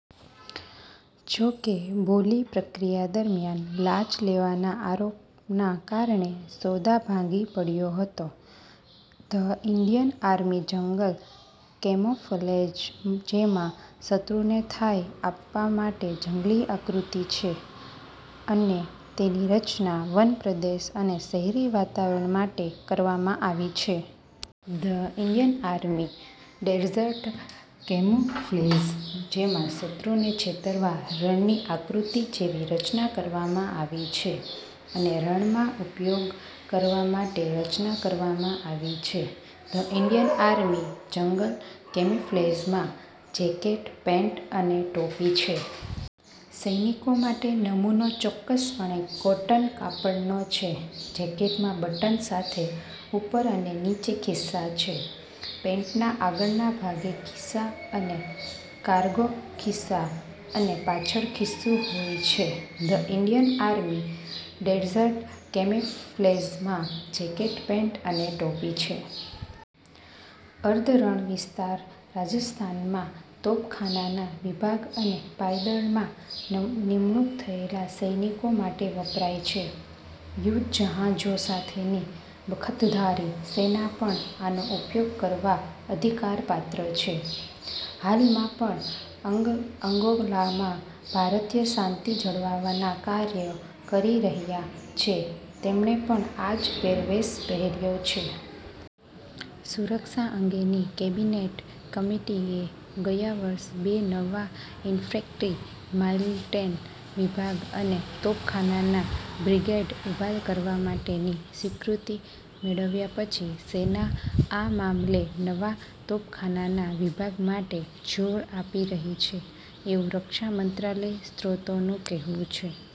જો કે બોલી પ્રક્રિયા દરમિયાન લાંચ લેવાના આરોપોના કારણે સોદો ભાંગી પડયો હતો. The Indian army jungle camouflage જેમાં શત્રુને થાપ આપવા માટે જંગલની આકૃતિ છે અને તેેની રચના વનપ્રદેશ અને શહેરી વાતાવરણ માટે કરવામાં આવી છે. The Indian army desert camouflage, જેમાં શત્રુને છેતરવા રણની આકૃતિ જેવી રચના કરવામાં આવી છે અને રણમાં ઉપયોગ કરવા માટે રચના કરવામાં આવી છે. ધ ઈન્ડિયન આર્મી જંગલ કેમોફ્લેજમાં જેકેટ, પેન્ટ અને ટોપી છે. સૈનિકો માટે નમૂનો ચોક્કસપણે કોટન કાપડનો છે. જેકેટમાં બટન સાથે ઉપર અને નીચે ખિસ્સા છે. પેન્ટના આગળના ભાગે ખિસ્સા અને કારગો ખિસ્સા અને પાછળ ખિસ્સું હોય છે. ધ ઈન્ડિયન આર્મી ડેઝર્ટ કેમોફ્લેજમાં જેકેટ, પેન્ટ અને ટોપી છે. અર્ધ રણ વિસ્તાર રાજસ્થાનમાં તોપખાના વિભાગ અને પાયદળમાં નિમણૂક થયેલા સૈનિકો માટે વપરાય છે. યુદ્ધ જહાજો સાથેની બખ્તરધારી સેના પણ આનો ઉપયોગ કરવા અધિકારપાત્ર છે. હાલમાં પણ અંગોલામાં ભારતીય શાંતિ જાળવવાના કાર્ય કરી રહ્યા છે, તેમણે પણ આજ પહેરવેશ પહેર્યો છે. સુરક્ષા અંગેની કેબિનેટ કમિટિ એ ગયા વર્ષે બે નવા ઈન્ફેન્ટ્રી, માઉટેન વિભાગ અને તોપખાના બ્રિગેડ ઊભા કરવા માટેની સ્વીકૃતિ મેળવ્યા પછી, સેના આ મામલે નવા તોપખાના વિભાગ માટે જોર આપી રહી છે, એવું રક્ષા મંત્રાલય સ્ત્રોતોનું કહેવું છે.